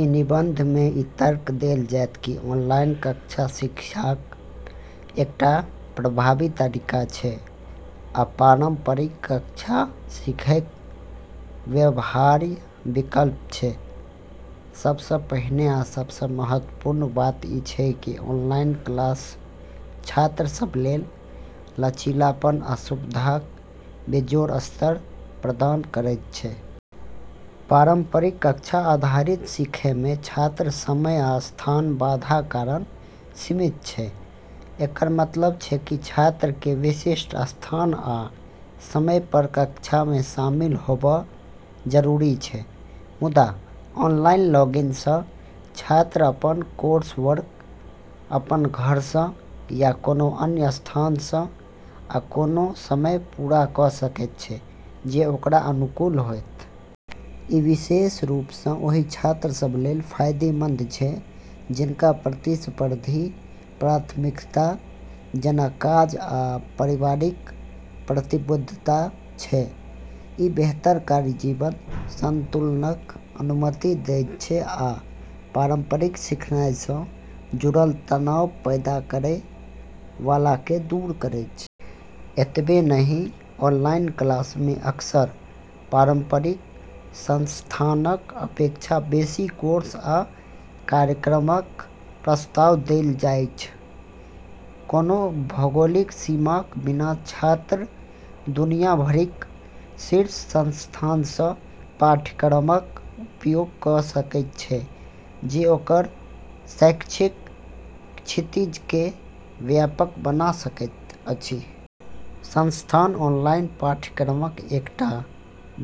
ई निबंधमे ई तर्क देल जायत कि ऑनलाइन कक्षा शिक्षाक एकटा प्रभावी तरीका छै आ पारंपरिक कक्षा सीखैक व्यवहार्य विकल्प छै। सबसँ पहिने आ सबसँ महत्वपूर्ण बात ई छै कि ऑनलाइन क्लास छात्र सभलेल लचीलापन आ सुविधाक बेजोड़ स्तर प्रदान करैत छै। पारंपरिक कक्षा आधारित सीखैमे छात्र समय आ स्थानक बाधा कारण सीमित छै। एकर मतलब छै कि छात्रकेँ विशिष्ट स्थान आ समयपर कक्षामे शामिल होबऽ जरूरी छै। मुदा, ऑनलाइन लर्निंगसँ छात्र अपन कोर्सवर्क अपन घरसँ, या कोनो अन्य स्थानसँ आ कोनो समयपर पूरा कऽ सकैत छै जे ओकरा अनुकूल होयत। ई विशेष रूपसँ ओहि छात्र सभलेल फायदेमंद छै जिनका प्रतिस्पर्धी प्राथमिकता जेना काज या पारिवारिक प्रतिबद्धता छै। ई बेहतर कार्य-जीवन संतुलनक अनुमति दैत छै आ पारंपरिक सीखनाइसँ जुड़ल तनाव पैदा करै वालाकेँ दूर करैत छै। एतबे नहि, ऑनलाइन क्लासमे अक्सर पारंपरिक संस्थानक अपेक्षा बेसि कोर्स आ कार्यक्रमक प्रस्ताव देल जाइछ। कोनो भौगोलिक सीमाक बिना छात्र दुनिया भरिक शीर्ष संस्थानसँ पाठ्यक्रमक उपयोग कऽ सकैत छै, जे ओकर शैक्षिक क्षितिजकेँ व्यापक बना सकैत अछि। संस्थान ऑनलाइन पाठ्यक्रमक एकटा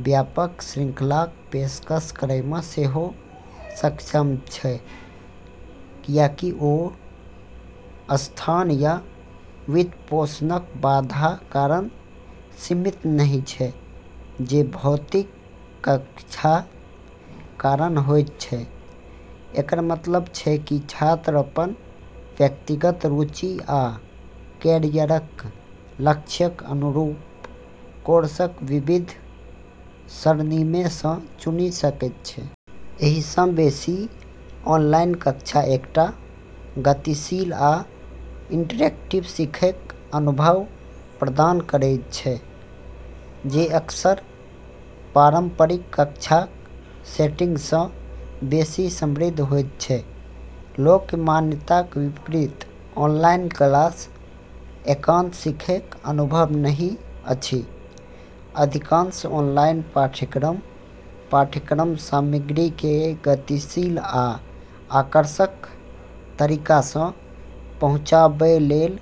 व्यापक श्रृंखलाक पेशकश करैमे सेहो सक्षम छै, कियाकि ओ स्थान या वित्तपोषणक बाधा कारण सीमित नहि छै जे भौतिक कक्षा कारण होइत छै। एकर मतलब छै कि छात्र अपन व्यक्तिगत रुचि आ कैरियरक लक्ष्यक अनुरूप कोर्सक विविध सरणीमे सँ चुनि सकैत छै। एहिसँ बेसि, ऑनलाइन कक्षा एकटा गतिशील आ इंटरैक्टिव सीखैक अनुभव प्रदान करैत छै जे अक्सर पारंपरिक कक्षाक सेटिंगसँ बेसि समृद्ध होइत छै। लोक मान्यताक विपरीत ऑनलाइन क्लास एकांत सीखैक अनुभव नहि अछि। अधिकांश ऑनलाइन पाठ्यक्रम पाठ्यक्रम सामग्रीकेँ गतिशील आ आकर्षक तरीकासँ पहुँचाबैलेल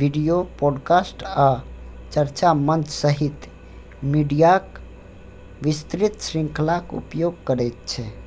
वीडियो, पॉडकास्ट, आ चर्चा मंच सहित मीडियाक विस्तृत श्रृंखलाक उपयोग करैत छै।